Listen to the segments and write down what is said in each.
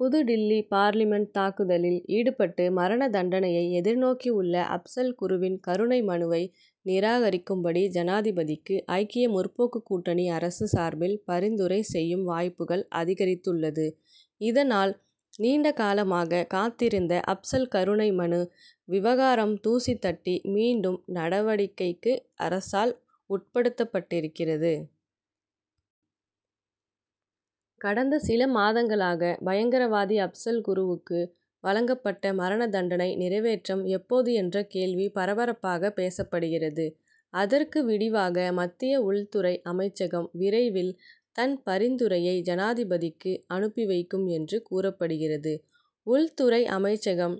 புதுடில்லி parliament தாக்குதலில் ஈடுபட்டு மரண தண்டனையை எதிர்நோக்கியுள்ள அப்சல் குருவின் கருணை மனுவை நிராகரிக்கும்படி, ஜனாதிபதிக்கு, ஐக்கிய முற்போக்கு கூட்டணி அரசு சார்பில் பரிந்துரை செய்யும் வாய்ப்புகள் அதிகரித்துள்ளது. இதனால், நீண்டகாலமாக காத்திருந்த அப்சல் கருணை மனு விவகாரம் தூசி தட்டி மீண்டும் நடவடிக்கைக்கு அரசால் உட்படுத்தப்பட்டிருக்கிறது. கடந்த சில மாதங்களாக, பயங்கரவாதி அப்சல் குருவுக்கு வழங்கப்பட்ட மரணதண்டனை நிறைவேற்றம் எப்போது என்ற கேள்வி பரபரப்பாக பேசப்படுகிறது. அதற்கு விடிவாக, மத்திய உள்துறை அமைச்சகம் விரைவில் தன் பரிந்துரையை ஜனாதிபதிக்கு அனுப்பி வைக்கும் என்று கூறப்படுகிறது. உள்துறை அமைச்சகம்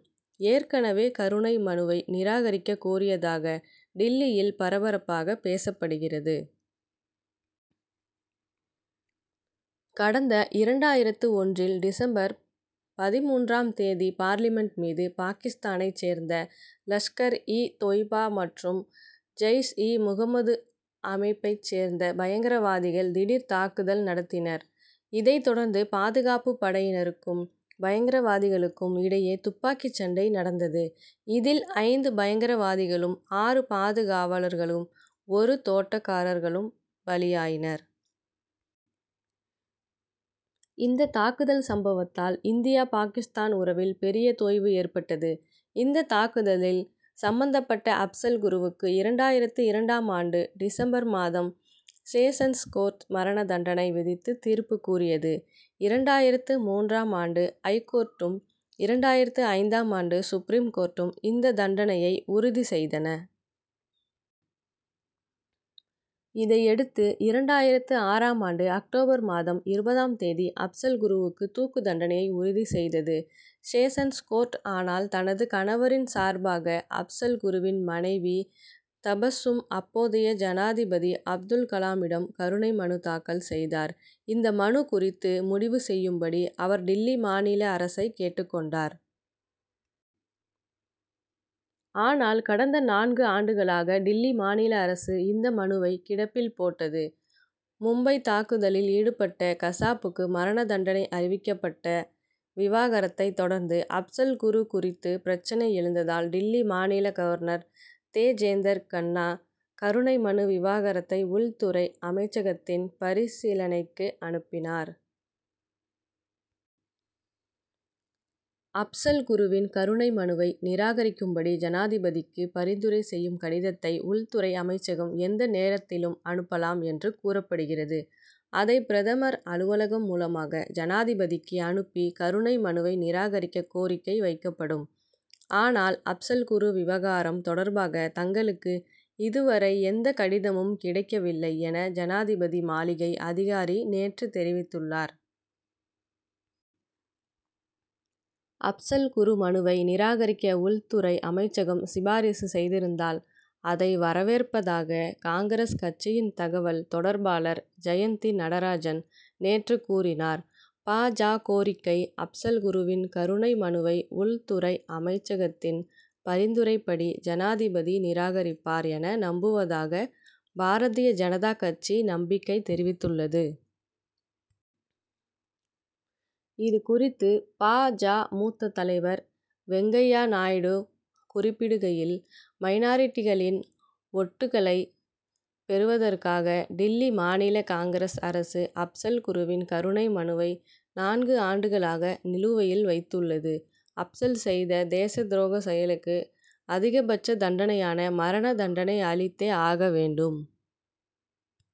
ஏற்கனவே கருணை மனுவை நிராகரிக்கக் கோரியதாக டில்லியில் பரபரப்பாக பேசப்படுகிறது. கடந்த இரண்டாயிரத்து ஒன்றில் டிசம்பர் பதின்மூன்றாம் தேதி பார்லிமென்ட் மீது, பாகிஸ்தானைச் சேர்ந்த லஷ்கர்- இ -தொய்பா மற்றும் ஜெய்ஷ்- இ -முகமது அமைப்பைச் சேர்ந்த பயங்கரவாதிகள் திடீர் தாக்குதல் நடத்தினர். இதை தொடர்ந்து, பாதுகாப்பு படையினருக்கும், பயங்கரவாதிகளுக்கும் இடையே துப்பாக்கிச் சண்டை நடந்தது. இதில் ஐந்து பயங்கரவாதிகளும், ஆறு பாதுகாவலர்களும், ஒரு தோட்டக்காரரும் பலியாயினர். இந்த தாக்குதல் சம்பவத்தால் இந்தியா பாகிஸ்தான் உறவில் பெரிய தொய்வு ஏற்பட்டது. இந்த தாக்குதலில் சம்பந்தப்பட்ட அப்சல் குருவுக்கு, இரண்டாயிரத்து இரண்டாம் ஆண்டு டிசம்பர் மாதம், செஷன்ஸ் கோர்ட் மரண தண்டனை விதித்து தீர்ப்பு கூறியது. இரண்டாயிரத்து மூன்றாம் ஆண்டு ஐகோர்ட்டும், இரண்டாயிரத்து ஐந்தாம் ஆண்டு சுப்ரீம் கோர்ட்டும் இந்த தண்டனையை உறுதி செய்தன. இதையடுத்து, இரண்டாயிரத்து ஆறாம் ஆண்டு அக்டோபர் மாதம் இருபதாம் தேதி அப்சல் குருவுக்கு தூக்கு தண்டனையை உறுதி செய்தது செஷன்ஸ் கோர்ட். ஆனால், தனது கணவரின் சார்பாக அப்சல் குருவின் மனைவி தபஸ்சும், அப்போதைய ஜனாதிபதி அப்துல் கலாமிடம் கருணை மனு தாக்கல் செய்தார். இந்த மனு குறித்து முடிவு செய்யும்படி அவர், டில்லி மாநில அரசை கேட்டுக்கொண்டார். ஆனால், கடந்த நான்கு ஆண்டுகளாக டில்லி மாநில அரசு இந்த மனுவை கிடப்பில் போட்டது. மும்பைத் தாக்குதலில் ஈடுபட்ட கசாப்புக்கு மரண தண்டனை அறிவிக்கப்பட்ட விவகாரத்தை தொடர்ந்து, அப்சல் குரு குறித்து பிரச்னை எழுந்ததால், டில்லி மாநில கவர்னர் தேஜேந்தர் கன்னா, கருணை மனு விவகாரத்தை உள்துறை அமைச்சகத்தின் பரிசீலனைக்கு அனுப்பினார். அப்சல் குருவின் கருணை மனுவை நிராகரிக்கும்படி ஜனாதிபதிக்கு பரிந்துரை செய்யும் கடிதத்தை, உள்துறை அமைச்சகம் எந்த நேரத்திலும் அனுப்பலாம் என்று கூறப்படுகிறது. அதை, பிரதமர் அலுவலகம் மூலமாக ஜனாதிபதிக்கு அனுப்பி, கருணை மனுவை நிராகரிக்க கோரிக்கை வைக்கப்படும். ஆனால், அப்சல் குரு விவகாரம் தொடர்பாக தங்களுக்கு இதுவரை எந்த கடிதமும் கிடைக்கவில்லை என, ஜனாதிபதி மாளிகை அதிகாரி நேற்று தெரிவித்துள்ளார். அப்சல் குரு மனுவை நிராகரிக்க உள்துறை அமைச்சகம் சிபாரிசு செய்திருந்தால், அதை வரவேற்பதாக காங்கிரஸ் கட்சியின் தகவல் தொடர்பாளர் ஜெயந்தி நடராஜன் நேற்று கூறினார். பா. ஜ., கோரிக்கை: அப்சல் குருவின் கருணை மனுவை உள்துறை அமைச்சகத்தின் பரிந்துரைப்படி ஜனாதிபதி நிராகரிப்பார் என நம்புவதாக, பாரதிய ஜனதா கட்சி நம்பிக்கை தெரிவித்துள்ளது. இது குறித்து பா. ஜ., மூத்த தலைவர் வெங்கையா நாயுடு குறிப்பிடுகையில், மைனாரிட்டிகளின் ஓட்டுக்களை பெறுவதற்காக டில்லி மாநில காங்கிரஸ் அரசு, அப்சல் குருவின் கருணை மனுவை நான்கு ஆண்டுகளாக நிலுவையில் வைத்துள்ளது. அப்சல் செய்த தேசத் துரோக செயலுக்கு அதிகபட்ச தண்டனையான மரண தண்டனை அளித்தே ஆக வேண்டும்.